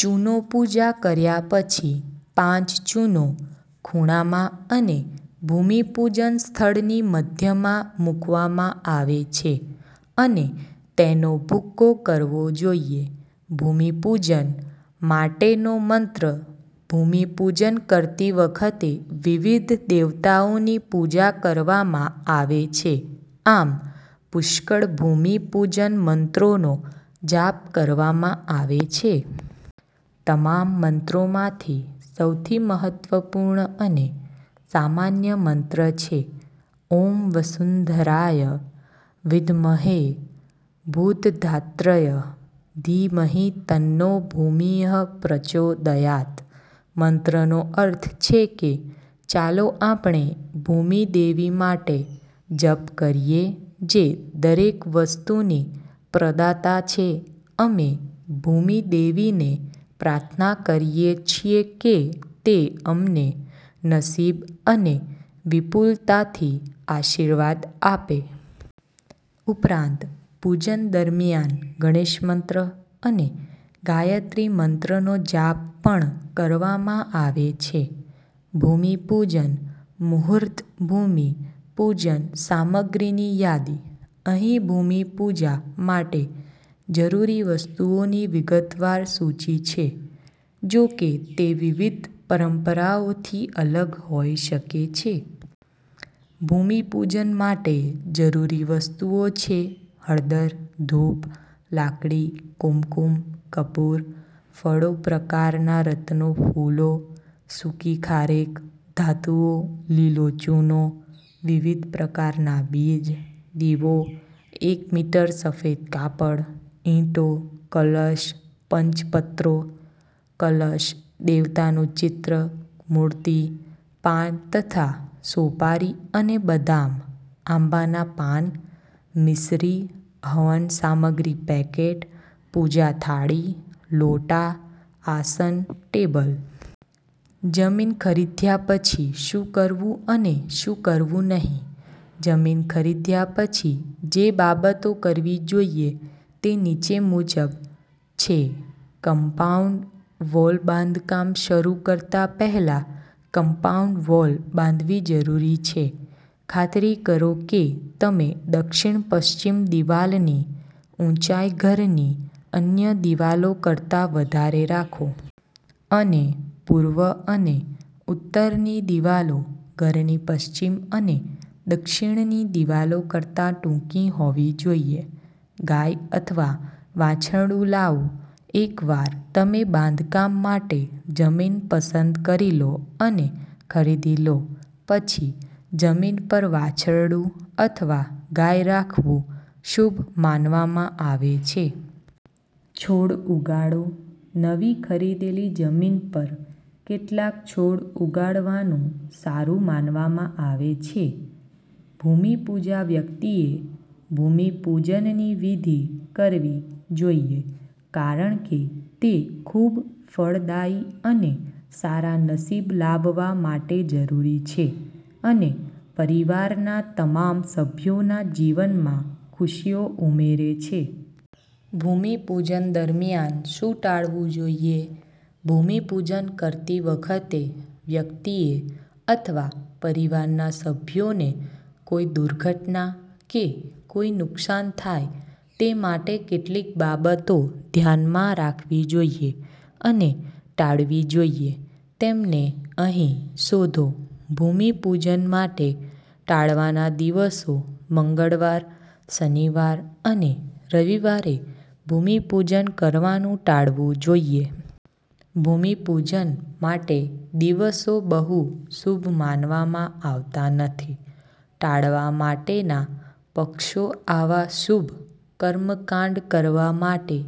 ચૂનોપૂજા કર્યા પછી, પાંચ ચૂનો ખૂણામાં અને ભૂમિપૂજન સ્થળની મધ્યમાં મૂકવામાં આવે છે અને તેનો ભૂકો કરવો જોઈએ. ભૂમિપૂજન માટેનો મંત્ર ભૂમિપૂજન કરતી વખતે વિવિધ દેવતાઓની પૂજા કરવામાં આવે છે. આમ, પુષ્કળ ભૂમિ પૂજન મંત્રોનો જાપ કરવામાં આવે છે. તમામ મંત્રોમાંથી, સૌથી મહત્વપૂર્ણ અને સામાન્ય મંત્ર છે, ઓમ વસુંધરાય વિદ્મહે ભૂતધાત્રય ધીમહિ તન્નો ભૂમિહ પ્રચોદયાત્'. મંત્રનો અર્થ છે કે ચાલો આપણે ભૂમિ દેવી માટે જપ કરીએ, જે દરેક વસ્તુની પ્રદાતા છેઅમે ભૂમિ દેવીને પ્રાર્થના કરીએ છીએ કે તે અમને નસીબ અને વિપુલતાથી આશીર્વાદ આપે. ઉપરાંત પૂજન દરમિયાન ગણેશ મંત્ર અને ગાયત્રી મંત્રનો જાપ પણ કરવામાં આવે છે. ભૂમિ પૂજન મુહૂર્તભૂમિ પૂજન સામગ્રીની યાદી. અહીં ભૂમિપૂજા માટે જરૂરી વસ્તુઓની વિગતવાર સૂચિ છે. જો કે, તે વિવિધ પરંપરાઓથી અલગ હોઈ શકે છે. ભૂમિપૂજન માટે જરૂરી વસ્તુઓ છે. હળદર, ધૂપ, લાકડી, કુમકુમ, કપૂર, ફળો પ્રકારના રત્નો ફૂલો સુકી ખારેક, ધાતુઓ, લીલો ચૂનો, વિવિધ પ્રકારના બીજ, દીવો, એક મીટર સફેદ કાપડ, ઇંટો. કલશ, પંચપત્રો, કલશ, દેવતાનું ચિત્ર/મૂર્તિ, પાન તથા સોપારી અને બદામ, આંબાના પાન, મિસરી, હવન સામગ્રી પેકેટ, પૂજા થાળી, લોટા, આસન, ટેબલ. જમીન ખરીદ્યા પછી શું કરવું અને શું કરવું નહીં જમીન ખરીદ્યા પછી જે બાબતો કરવી જોઈએ તે નીચે મુજબ છેકમ્પાઉન્ડ વોલબાંધકામ શરૂ કરતા પહેલા કમ્પાઉન્ડ વોલ બાંધવી જરૂરી છે. ખાતરી કરો કે તમે દક્ષિણ-પશ્ચિમ દિવાલની ઊંચાઈ ઘરની અન્ય દિવાલો કરતા વધારે રાખો. અને પૂર્વ અને ઉત્તરની દિવાલો ઘરની પશ્ચિમ અને દક્ષિણની દિવાલો કરતા ટૂંકી હોવી જોઈએ. ગાય અથવા વાછરડું લાવોએકવાર તમે બાંધકામ માટે જમીન પસંદ કરી લો અને ખરીદી લો, પછી જમીન પર વાછરડું અથવા ગાય રાખવું શુભ માનવામાં આવે છે. છોડ ઉગાડોનવી ખરીદેલી જમીન પર કેટલાક છોડ ઉગાડવાનું સારું માનવામાં આવે છે. ભૂમિપૂજાવ્યક્તિએ ભૂમિપૂજનની વિધિ કરવી જોઈએ કારણ કે તે ખૂબફળદાયી અને સારા નસીબ લાવવા માટે જરૂરી છે અને પરિવારના તમામ સભ્યોના જીવનમાં ખુશીઓ ઉમેરે છે. ભૂમિપૂજન દરમિયાન શું ટાળવું જોઈએ ભૂમિપૂજન કરતી વખતે વ્યક્તિએ અથવા પરિવારના સભ્યોને કોઈ દુર્ઘટના કે કોઈ નુકસાનથાય તે માટે કેટલીક બાબતો ધ્યાનમાં રાખવી જોઈએ અને ટાળવી જોઈએ. તેમને અહીં શોધોભૂમિપૂજન માટે ટાળવાના દિવસોઃ મંગળવાર, શનિવાર અને રવિવારે ભૂમિપૂજન કરવાનું ટાળવું જોઈએ. ભૂમિપૂજન માટેદિવસો બહુ શુભ માનવામાં આવતા નથી. ટાળવા માટેના પક્ષો આવા શુભ કર્મકાંડ કરવા માટે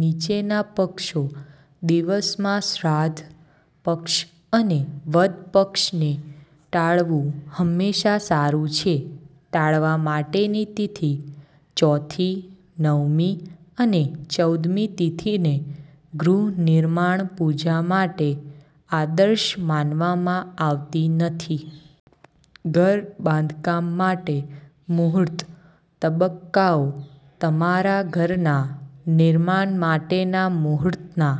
નીચેના પક્ષો દિવસમાં શ્રાદ્ધ પક્ષ અને વદ પક્ષને ટાળવું હંમેશા સારું છે. ટાળવા માટેની તિથિ: ચોથી, નવમી અને ચૌદમી તિથિને ગૃહ નિર્માણ પૂજા માટે આદર્શ માનવામાં આવતી નથી. ઘર બાંધકામ માટે મુહૂર્ત તબક્કાઓ તમારા ઘરના નિર્માણ માટેના મુહૂર્તના